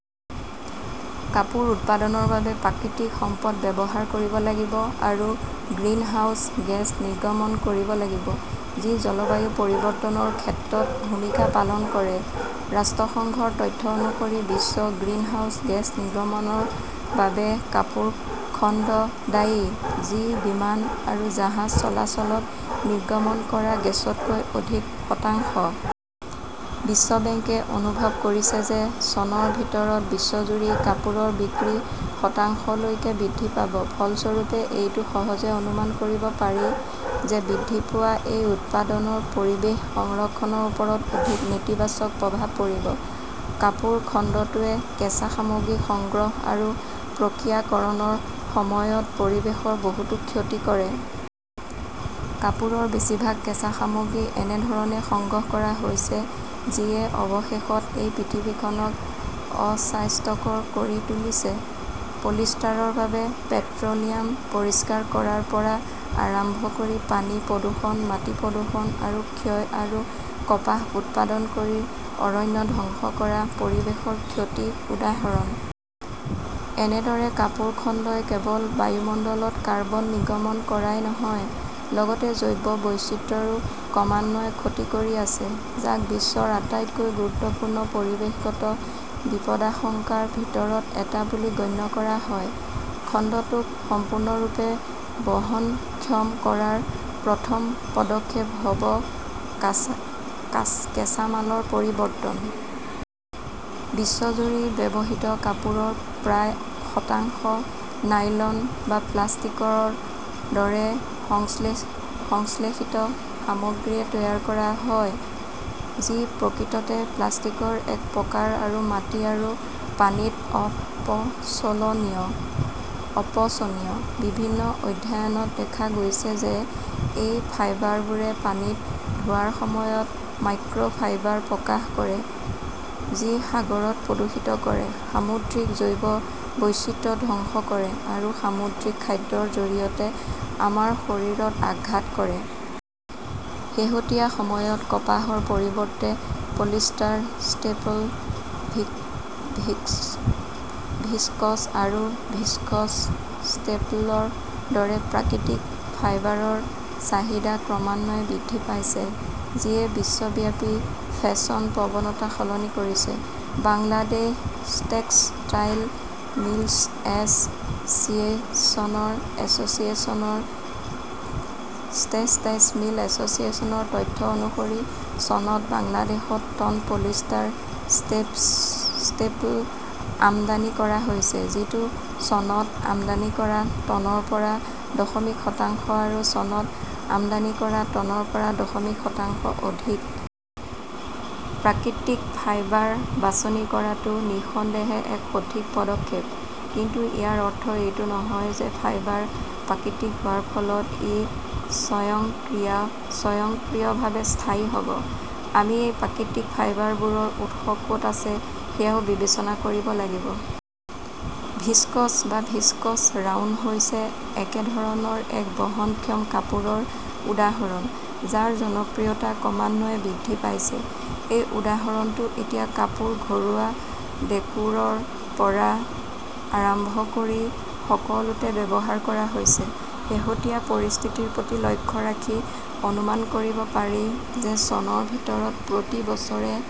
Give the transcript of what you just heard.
কাপোৰ উৎপাদনৰ বাবে প্ৰাকৃতিক সম্পদ ব্যৱহাৰ কৰিব লাগিব আৰু গ্ৰীণহাউছ গেছ নিৰ্গমন কৰিব লাগিব, যি জলবায়ু পৰিৱৰ্তনৰ ক্ষেত্ৰত ভূমিকা পালন কৰে। ৰাষ্ট্ৰসংঘৰ তথ্য অনুসৰি, বিশ্বৰ গ্ৰীণহাউছ গেছ নিৰ্গমনৰ বাবে কাপোৰ খণ্ড দায়ী, যি বিমান আৰু জাহাজ চলাচলত নিৰ্গমন কৰা গেছতকৈ অধিক, শতাংশ। বিশ্ব বেংকে অনুভৱ কৰিছে যে চনৰ ভিতৰত বিশ্বজুৰি কাপোৰৰ বিক্ৰী শতাংশলৈকে বৃদ্ধি পাব। ফলস্বৰূপে, এইটো সহজে অনুমান কৰিব পাৰি যে বৃদ্ধি পোৱা এই উৎপাদনৰ পৰিৱেশ সংৰক্ষণৰ ওপৰত অধিক নেতিবাচক প্ৰভাৱ পৰিব। কাপোৰ খণ্ডটোৱে কেঁচা সামগ্ৰী সংগ্ৰহ আৰু প্ৰক্ৰিয়াকৰণৰ সময়ত পৰিৱেশৰ বহুতো ক্ষতি কৰে। কাপোৰৰ বেছিভাগ কেঁচা সামগ্ৰী এনে ধৰণে সংগ্ৰহ কৰা হৈছে যিয়ে অৱশেষত এই পৃথিৱীখনক অস্বাস্থ্যকৰ কৰি তুলিছে। পলিষ্টাৰৰ বাবে পেট্ৰ "লিয়াম পৰিষ্কাৰ কৰাৰ পৰা আৰম্ভ কৰি পানী প্ৰদূষণ, মাটি প্ৰদূষণ আৰু ক্ষয় আৰু কপাহ উৎপাদন কৰি অৰণ্য ধ্বংস কৰা পৰিৱেশৰ ক্ষতিৰ উদাহৰণ। এনেদৰে কাপোৰ খণ্ডই কেৱল বায়ুমণ্ডলত কাৰ্বন নিৰ্গমন কৰাই নহয়, লগতে জৈৱ বৈচিত্ৰ্যৰো ক্ৰমান্বয়ে ক্ষতি কৰি আছে, যাক বিশ্বৰ আটাইতকৈ গুৰুত্বপূৰ্ণ পৰিৱেশগত বিপদাশংকাৰ ভিতৰত এটা বুলি গণ্য কৰা হয়। খণ্ডটোক সম্পূৰ্ণৰূপে বহনক্ষম কৰাৰ প্ৰথম পদক্ষেপ হ "ব কাঁচামালৰ পৰিৱৰ্তন। বিশ্বজুৰি ব্যৱহৃত কাপোৰৰ প্ৰায় শতাংশ নাইলন বা পলিষ্টাৰৰ দৰে সংশ্লেষিত সামগ্ৰীৰে তৈয়াৰ কৰা হয়, যি প্ৰকৃততে প্লাষ্টিকৰ এক প্ৰকাৰ আৰু মাটি আৰু পানীত অপচনীয়। বিভিন্ন অধ্যয়নত দেখা গৈছে যে এই ফাইবাৰবোৰে পানীত ধোৱাৰ সময়ত মাইক্ৰ "ফাইবাৰ প্ৰকাশ কৰে, যি সাগৰক প্ৰদূষিত কৰে; সামুদ্ৰিক জৈৱ বৈচিত্ৰ্য ধ্বংস কৰে আৰু সামুদ্ৰিক খাদ্যৰ জৰিয়তে আমাৰ শৰীৰত আঘাত কৰে। শেহতীয়া সময়ত কপাহৰ পৰিৱৰ্তে পলিষ্টাৰ ষ্টেপল, ভিস্কছ আৰু ভিস্কছ ষ্টেপলৰ দৰে অপ্ৰাকৃতিক ফাইবাৰৰ চাহিদা ক্ৰমান্বয়ে বৃদ্ধি পাইছে, যিয়ে বিশ্বব্যাপী ফেশ্বন প্ৰৱণতা সলনি কৰিছে। বাংলাদেশ টেক্সটাইল মিলছ এছ "চিয়েশ্যনৰ তথ্য অনুসৰি, চনত বাংলাদেশত টন পলিষ্টাৰ ষ্টেপল আমদানি কৰা হৈছিল, যিটো চনত আমদানি কৰা টনৰ পৰা দশমিক শতাংশ আৰু চনত আমদানি কৰা টনৰ পৰা দশমিক শতাংশ অধিক। প্ৰাকৃতিক ফাইবাৰ বাছনি কৰাটো নিঃসন্দেহে এক সঠিক পদক্ষেপ। কিন্তু ইয়াৰ অৰ্থ এইটো নহয় যে ফাইবাৰ প্ৰাকৃতিক হোৱাৰ ফলত ই স্বয়ংক্ৰিয়ভাৱে স্থায়ী হ "ব। আমি এই প্ৰাকৃতিক ফাইবাৰৰ উৎস ক "ত আছে সেয়াও বিবেচনা কৰিব লাগিব। ভিস্কছ বা ভিস্কছ ৰায়োন হৈছে একেধৰণৰ এক বহনক্ষম কাপোৰৰ উদাহৰণ, যাৰ জনপ্ৰিয়তা ক্ৰমান্বয়ে বৃদ্ধি পাইছে। এই উপাদানটো এতিয়া কাপোৰ, ঘৰুৱা দেকোৰৰ পৰা আৰম্ভ কৰি সকলোতে ব্যৱহাৰ কৰা হৈছে। শেহতীয়া পৰিস্থিতিৰ প্ৰতি লক্ষ্য ৰাখি অনুমান কৰিব পাৰি যে চনৰ ভিতৰত প্ৰতি বছৰে